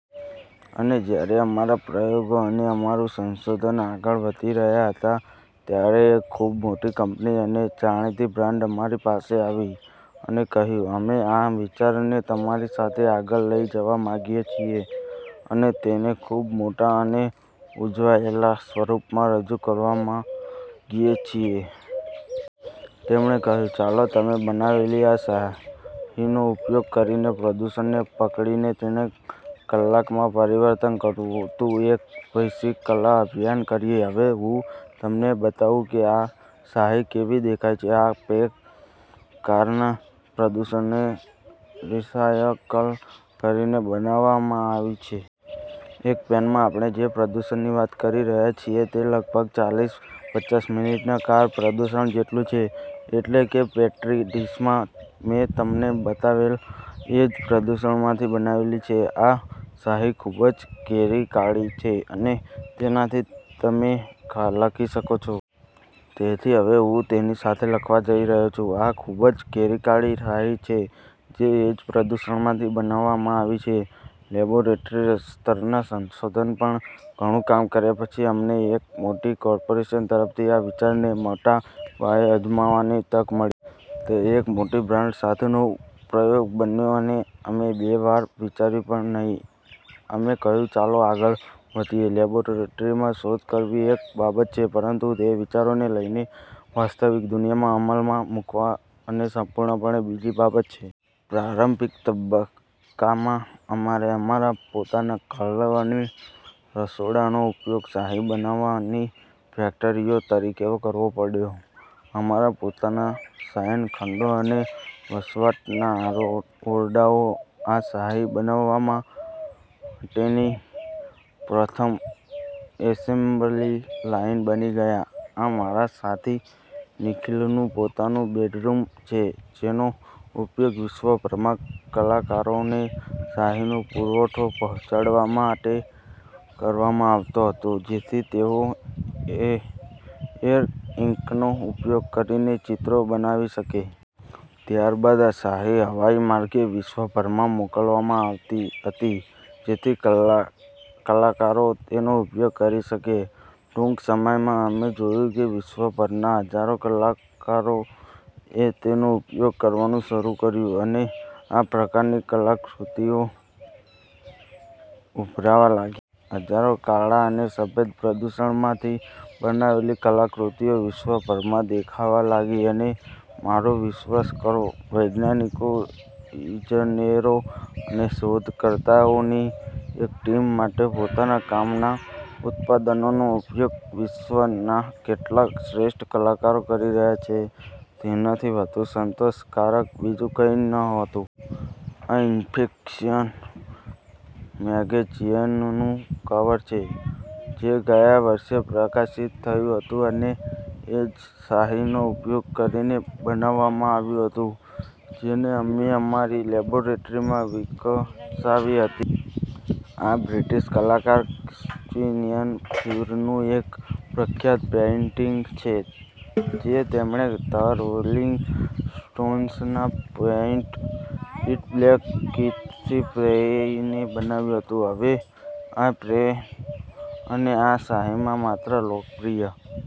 અને જ્યારે અમારા પ્રયોગો અને અમારું સંશોધન આગળ વધી રહ્યાં હતાં, ત્યારે એક ખૂબ મોટી કંપની અને જાણીતી બ્રાન્ડ અમારી પાસે આવી અને કહ્યું, “અમે આ વિચારને તમારી સાથે આગળ લઈ જવા માંગીએ છીએ અને તેને ખૂબ મોટા અને ઉજવાયેલા સ્વરૂપમાં રજૂ કરવા માંગીએ છીએ.” તેમણે કહ્યું, “ચાલો, તમે બનાવેલી આ શાહીનો ઉપયોગ કરીને પ્રદૂષણને પકડીને તેને કલામાં પરિવર્તિત કરતું એક વૈશ્વિક કલા અભિયાન કરીએ.” હવે હું તમને બતાવું કે આ શાહી કેવી દેખાય છે. આ પેન કારના પ્રદૂષણને રિસાયકલ કરીને બનાવવામાં આવી છે. એક પેનમાં આપણે જે પ્રદૂષણની વાત કરી રહ્યા છીએ તે લગભગ ચાલીસથી પચાસ મિનિટના કાર પ્રદૂષણ જેટલું છે, એટલે કે પેટ્રી ડિશમાં મેં તમને બતાવેલા એ જ પ્રદૂષણમાંથી બનાવેલી છે. આ શાહી ખૂબ જ ઘેરી કાળી છે અને તેનાથી તમે લખી શકો છો. તેથી હવે હું તેની સાથે લખવા જઈ રહ્યો છું. આ ખૂબ જ ઘેરી કાળી શાહી છે, જે એ જ પ્રદૂષણમાંથી બનાવવામાં આવી છે. લેબોરેટરી સ્તરના સંશોધન પર ઘણું કામ કર્યા પછી, અમને એક મોટી કોર્પોરેશન તરફથી આ વિચારને મોટા પાયે અજમાવવાની તક મળી. તે એક મોટી બ્રાન્ડ સાથેનો પ્રયોગ બન્યો અને અમે બે વાર વિચાર્યું પણ નહીં. અમે કહ્યું, “ચાલો, આગળ વધીએ.” લેબોરેટરીમાં શોધ કરવી એક બાબત છે, પરંતુ તે વિચારોને લઈને વાસ્તવિક દુનિયામાં અમલમાં મૂકવા એ સંપૂર્ણપણે બીજી બાબત છે. પ્રારંભિક તબક્કામાં, અમારે અમારા પોતાના ઘરો અને રસોડાંનો ઉપયોગ શાહી બનાવવાની ફેક્ટરીઓ તરીકે કરવો પડ્યો. અમારા પોતાના શયનખંડો અને વસવાટના ઓરડાઓ આ શાહી બનાવવા માટેની પ્રથમ એસેમ્બલી લાઇન બની ગયા. આ મારા સાથી નિખિલનું પોતાનું બેડરૂમ છે, જેનો ઉપયોગ વિશ્વભરના કલાકારોને શાહીનો પુરવઠો પહોંચાડવા માટે કરવામાં આવતો હતો, જેથી તેઓ એર-ઇંકનો ઉપયોગ કરીને ચિત્રો બનાવી શકે. ત્યારબાદ આ શાહી હવાઈ માર્ગે વિશ્વભરમાં મોકલવામાં આવતી હતી, જેથી કલાકારો તેનો ઉપયોગ કરી શકે. ટૂંક સમયમાં, અમે જોયું કે વિશ્વભરના હજારો કલાકારોએ તેનો ઉપયોગ કરવાનું શરૂ કર્યું અને આ પ્રકારની કલાકૃતિઓ ઉભરવા લાગી. હજારો કાળા અને સફેદ, પ્રદૂષણમાંથી બનાવેલી કલાકૃતિઓ વિશ્વભરમાં દેખાવા લાગી. અને મારો વિશ્વાસ કરો, વૈજ્ઞાનિકો, ઇજનેરો અને શોધકર્તાઓની એક ટીમ માટે પોતાના કામના ઉત્પાદનનો ઉપયોગ વિશ્વના કેટલાક શ્રેષ્ઠ કલાકારો કરી રહ્યા છે તેનાથી વધુ સંતોષકારક બીજું કંઈ નહોતું. આ “ઇન્ફેક્શિયસ” મેગેઝિનનું કવર છે, જે ગયા વર્ષે પ્રકાશિત થયું હતું અને એ જ શાહીનો ઉપયોગ કરીને બનાવવામાં આવ્યું હતું, જેને અમે અમારી લેબોરેટરીમાં વિકસાવી હતી. આ બ્રિટિશ કલાકાર ક્રિશ્ચિયન ફ્યુરનું એક પ્રખ્યાત પેઇન્ટિંગ છે, જે તેમણે ધ રોલિંગ સ્ટોન્સના “પેઇન્ટ ઇટ બ્લેક” ગીતથી પ્રેરાઈને બનાવ્યું હતું. હવે, આ પેન અને આ શાહીમાં માત્ર લોકપ્રિય...